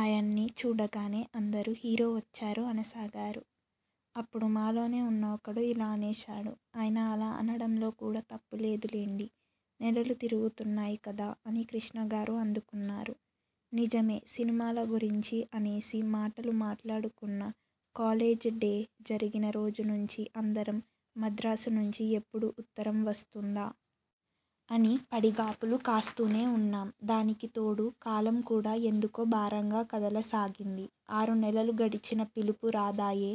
ఆయన్ని చూడగానే అందరూ హీరో వచ్చారు అనసాగారు. అప్పుడు మాలోనే ఉన్న ఒకడు ఇలా అనేశాడు. 'ఆయన అలా అనడంలో కూడా తప్పులేదులెండి. నెలలు తిరుగుతున్నాయి కదా' అని కృష్ణగారు అందుకున్నారు. నిజమే సినిమాల గురించి అన్నేసి మాటలు మాట్లాడుకున్నా, కాలేజ్ డే జరిగిన రోజునుంచీ అందరం మద్రాసు నుంచి ఎప్పుడు ఉత్తరం వస్తుందా? అని పడిగాపులు కాస్తూనే ఉన్నాం. దానికితోడు కాలంకూడా ఎందుకో భారంగా కదలసాగింది. ఆరునెలలు గడిచినా పిలుపు రాదాయె.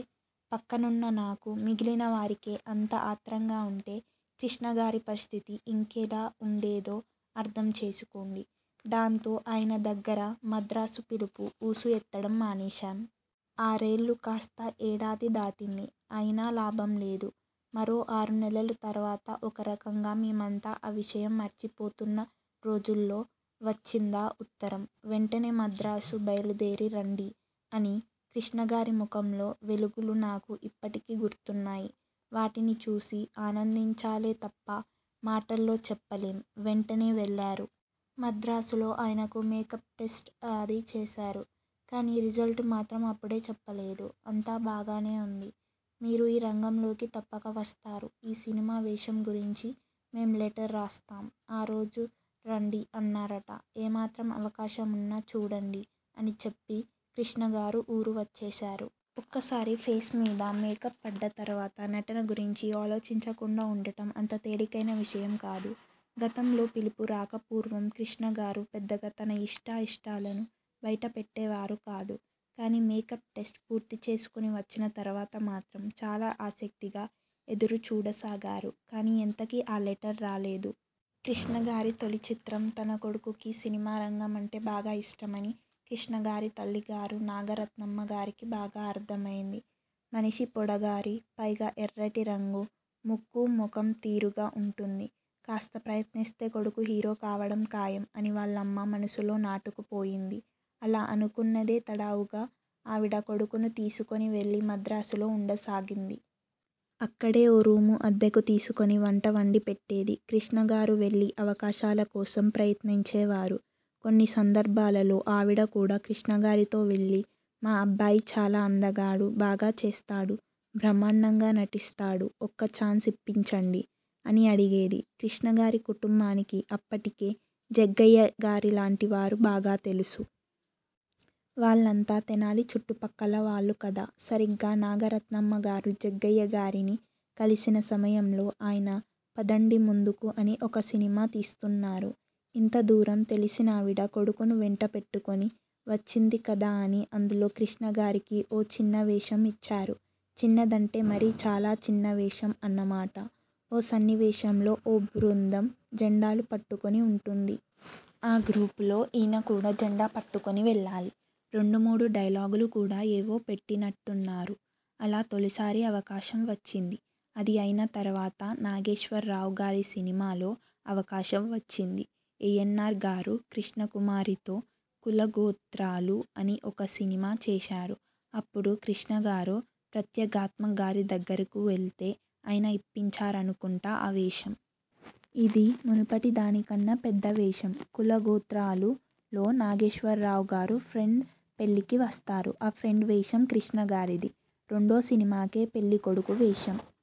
పక్కనున్న నాకు, మిగిలిన వారికే అంత ఆత్రంగా ఉంటే కృష్ణగారి పరిస్థితి ఇంకేలా ఉండేదో అర్థం చేసుకోండి. దాంతో ఆయన దగ్గర 'మద్రాసు పిలుపు' ఊసు ఎత్తడం మానేశాం. ఆర్నెల్లు కాస్తా ఏడాది దాటింది. అయినా లాభంలేదు. మరో ఆరునెలలు తర్వాత, ఒకరకంగా మేమంతా ఆ విషయం మర్చిపోతున్నరోజుల్లో వచ్చిందా ఉత్తరం. 'వెంటనే మద్రాసు బయలుదేరి రండి' అని. కృష్ణగారి ముఖంలో వెలుగులు నాకు ఇప్పటికీ గుర్తున్నాయి. వాటిని చూసి ఆనందించాలేతప్ప, మాటల్లో చెప్పలేం. వెంటనే వెళ్లారు. మద్రాసులో ఆయనకు మేకప్టెస్ట్ అదీ చేశారు. కానీ రిజల్ట్ మాత్రం అప్పుడే చెప్పలేదు. 'అంతా బాగానే ఉంది. మీరు ఈ రంగంలోకి తప్పక వస్తారు. ఈ సినిమా వేషంగురించి మేం లెటర్ రాస్తాం. ఆ రోజురండి' అన్నారట. 'ఏమాత్రం అవకాశం ఉన్నా చూడండి ' అనిచెప్పి కృష్ణగారు ఊరు వచ్చేశారు. ఒక్కసారి ఫేస్మీద మేకప్ పడ్డ తర్వాత నటనగురించి ఆలోచించకుండా ఉండటం అంత తేలికైన విషయం కాదు. గతంలో పిలుపు రాకపూర్వం కృష్ణగారు పెద్దగా తన ఇష్టాయిష్టాలను బయటపెట్టేవారు కాదు. కానీ మేకప్టెస్ట్ పూర్తిచేసుకుని వచ్చిన తర్వాత మాత్రం చాలా ఆసక్తిగా ఎదురుచూడసాగారు. కానీ ఎంతకీ ఆ లెటర్ రాలేదు. కృష్ణగారి తొలిచిత్రం తన కొడుకుకి సినిమారంగం అంటే బాగా ఇష్టమని కృష్ణగారి తల్లిగారు నాగరత్నమ్మగారికి బాగా అర్థమైంది. 'మనిషి పొడగరి. పైగా ఎర్రటిరంగు. ముక్కూ, ముఖం తీరుగా ఉంటుంది. కాస్త ప్రయత్నిస్తే కొడుకు హీరో కావడం ఖాయం' అని వాళ్లమ్మ మనసులో నాటుకుపోయింది. అలా అనుకున్నదే తడవుగా ఆవిడ కొడుకును తీసుకుని వెళ్లి మద్రాసులో ఉండసాగింది. అక్కడే ఓ రూము అద్దెకు తీసుకుని వంట వండిపెట్టేది. కృష్ణగారు వెళ్లి అవకాశాలకోసం ప్రయత్నించేవారు. కొన్ని సందర్భాల్లో ఆవిడ కూడా కృష్ణగారితో వెళ్లి 'మా అబ్బాయి చాలా అందగాడు. బాగా చేస్తాడు, బ్రహ్మాండంగా నటిస్తాడు, ఒక్కఛాన్స్ ఇప్పించండి' అని అడిగేది. కృష్ణగారి కుటుంబానికి అప్పటికే జగ్గయ్యగారిలాంటి వారు బాగా తెలుసు. వాళ్లంతా తెనాలి చుట్టుపక్కలవాళ్లు కదా. సరిగ్గా నాగరత్నమ్మగారు జగ్గయ్యగారిని కలిసిన సమయంలో ఆయన 'పదండి ముందుకు' అని ఒక సినిమా తీస్తున్నారు. ఇంతదూరం తెలిసినావిడ కొడుకును వెంటపెట్టుకుని వచ్చిందికదా అని అందులో కృష్ణగారికి ఓ చిన్నవేషం ఇచ్చారు. చిన్నదంటే మరీ చాలా చిన్నవేషం అన్నమాట. ఓ సన్నివేశంలో ఓ బృందం జండాలు పట్టుకుని ఉంటుంది. ఆ గ్రూపులో ఈయన కూడా జెండా పట్టుకుని వెళ్లాలి. రెండు మూడు డైలాగులు కూడా ఏవో పెట్టినట్టున్నారు. అలా తొలిసారి అవకాశం వచ్చింది. అది అయిన తర్వాత నాగేశ్వరరావుగారి సినిమాలో అవకాశం వచ్చింది. ఏఎన్నార్గారు కృష్ణకుమారితో 'కులగోత్రాలు' అని ఒక సినిమా చేశారు. అప్పుడు కృష్ణగారు ప్రత్యగాత్మగారిదగ్గరకు వెళ్తే ఆయన ఇప్పించారనుకుంటా ఆ వేషం. ఇది మునుపటి దానికన్నా పెద్ద వేషం. 'కులగోత్రాలు'లో నాగేశ్వరరావుగారు ఫ్రెండ్ పెళ్ళికి వస్తారు. ఆ ఫ్రెండ్ వేషం కృష్ణగారిది. రెండో సినిమాకే పెళ్ళికొడుకు వేషం